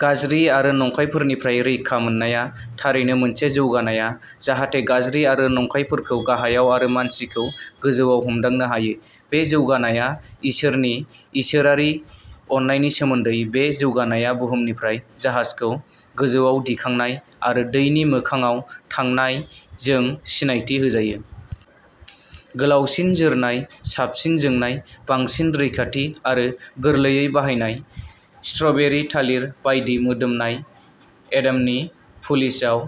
गाज्रि आरो नंखायफोरनिफ्राय रैखा मोननाया थारैनो मोनसे जौगानाया, जाहाथे गाज्रि आरो नंखायफोरखौ गाहायाव आरो मानसिखौ गोजौआव हमदांनो हायो। बे जौगानाया इसोरनि इसोरारि अननायनि सोमोन्दै। बे जौगानाया बुहुमनिफ्राय जाहाजखौ गोजौआव दिखांनाय, आरो दैनि मोखांआव थांनाय जों सिनायथि होजायो। गोलावसिन जोरनाय, साबसिन जोंनाय, बांसिन रैखाथि आरो गोरलैयै बाहायनाय। स्ट्रबेरि थालिर बायदि मोदोमनाय एडमनि पलिशआव,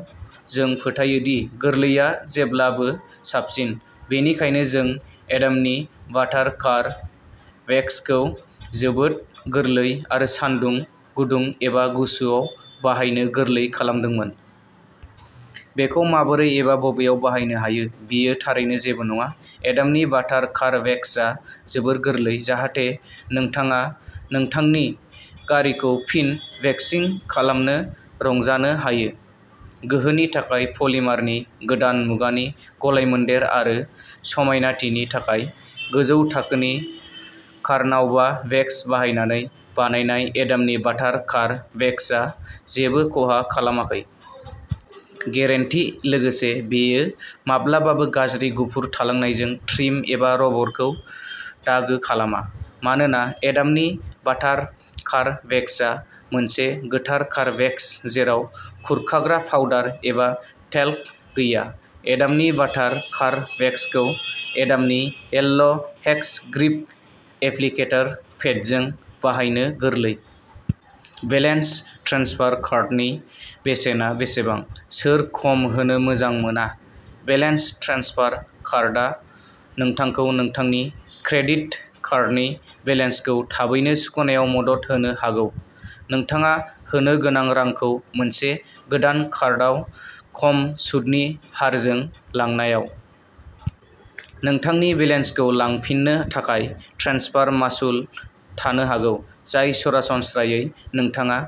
जों फोथायो दि गोरलैआ जेब्लाबो साबसिन। बेनिखायनो जों एडमनि बाटर कार वेक्सखौ जोबोद गोरलै आरो सानदुं, गुदुं एबा गुसुआव बाहायनो गोरलै खालामदोंमोन। बेखौ माबोरै एबा बबेयाव बाहायनो हायो, बेयो थारैनो जेबो नङा, एडमनि बाटर कार वेक्सआ जोबोद गोरलै, जाहाथे नोंथाङा नोंथांनि गारिखौ फिन वैक्सिं खालामनो रंजानो हायो। गोहोनि थाखाय पलिमारनि गोदान मुगानि गलायमोन्देर आरो समायनाथिनि थाखाय गोजौ थाखोनि कार्नाउबा वेक्स बाहायनानै बानायनाय, एडमनि बाटर कार वेक्सआ जेबो खहा खालामाखै। गेरेन्टि लोगोसे, बेयो। माब्लाबाबो गाज्रि गुफुर थालांनायजों ट्रिम एबा रबरखौ दागो खालामा। मानोना एडामनि बाटार कार वेक्सआ मोनसे गोथार कार वेक्स जेराव खुरखाग्रा पाउडार एबा टेल्क गैया। एडामनि बाटार कार वेक्सखौ एडामनि येल्ल' हेक्स ग्रिप एप्लिकेटर पेडजों बाहायनो गोरलै। बेलेन्स ट्रेन्सफार कार्डनि बेसेना बेसेबां? सोर खम होनो मोजां मोना? बेलेन्स ट्रेन्सफार कार्डआ नोंथांखौ नोंथांनि क्रेडिट कार्डनि बेलेन्सखौ थाबैनो सुख'नायाव मदद होनो हागौ, नोंथाङा होनो गोनां रांखौ मोनसे गोदान कार्डआव खम सुतनि हारजों लांनायाव। नोंथांनि बेलेन्सखौ लांफिननो थाखाय, ट्रेन्सफार मासुल थानो हागौ, जाय सरासनस्रायै नोंथाङा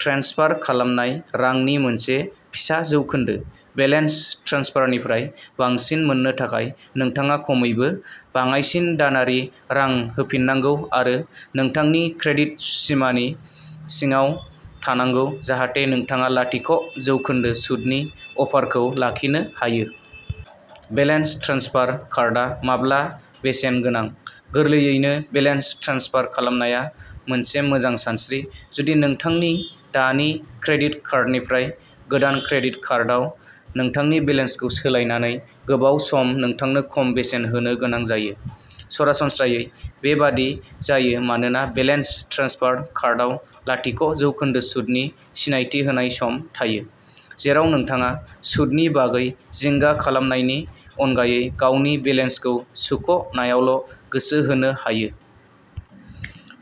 ट्रेन्सफार खालामनाय रांनि मोनसे फिसा जौखोन्दो। बेलेन्स ट्रेन्सफारनिफ्राय बांसिन मोननो थाखाय, नोंथाङा खमैबो बाङाइसिन दानारि रां होफिननांगौ आरो नोंथांनि क्रेडिट सिमानि सिङाव थानांगौ जाहाथे नोंथाङा लाथिक' जौखोन्दो सुतनि अफारखौ लाखिनो हायो। बेलेन्स ट्रेन्सफार कार्डआ माब्ला बेसेन गोनां? गोरलैयैनो, बेलेन्स ट्रेन्सफार खालामनाया मोनसे मोजां सानस्रि, जुदि नोंथांनि दानि क्रेडिट कार्डनिफ्राय गोदान क्रेडिट कार्डआव नोंथांनि बेलेन्सखौ सोलायनानै गोबाव समाव नोंथांनो खम बेसेन होनो गोनां जायो। सरासनस्रायै बेबादि जायो मानोना बेलेन्स ट्रेन्सफार कार्डआव लाथिक' जौखोन्दो सुतनि सिनायथि होनाय सम थायो, जेराव नोंथाङा सुतनि बागै जिंगा खालामनायनि अनगायै गावनि बेलेन्सखौ सुख' नायावल' गोसो होनो हायो।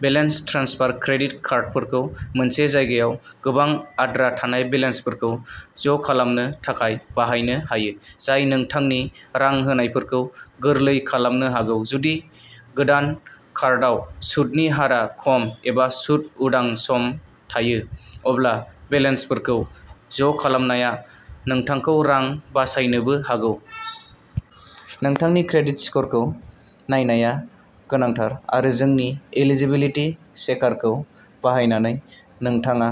बेलेन्स ट्रेन्सफार क्रेडिट कार्डफोरखौ मोनसे जायगायाव गोबां आद्रा थानाय बेलेन्सफोरखौ ज'खालामनो थाखाय बाहायनो हायो, जाय नोंथांनि रां होनायफोरखौ गोरलै खालामनो हागौ। जुदि गोदान कार्डआव सुतनि हारआ खम एबा सुत उदां सम थायो, अब्ला बेलेन्सफोरखौ ज'खालामनाया नोंथांखौ रां बासायनोबो हागौ। नोंथांनि क्रेडिट स्करखौ नायनाया गोनांथार आरो जोंनि इलिजिबिलिटि चेकारखौ बाहायनानै नोंथाङा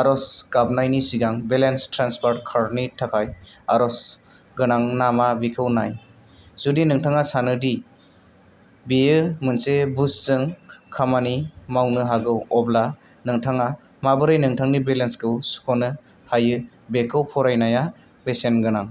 आर'ज गाबनायनि सिगां बेलेन्स ट्रेन्सफार कार्डनि थाखाय आर'ज गोनां नामा बेखौ नाय। जुदि नोंथाङा सानो दि बेयो मोनसे बुस्टजों खामानि मावनो हागौ, अब्ला नोंथाङा माबोरै नोंथांनि बेलेन्सखौ सुख'नो हायो बेखौ फरायनाया बेसेन गोनां।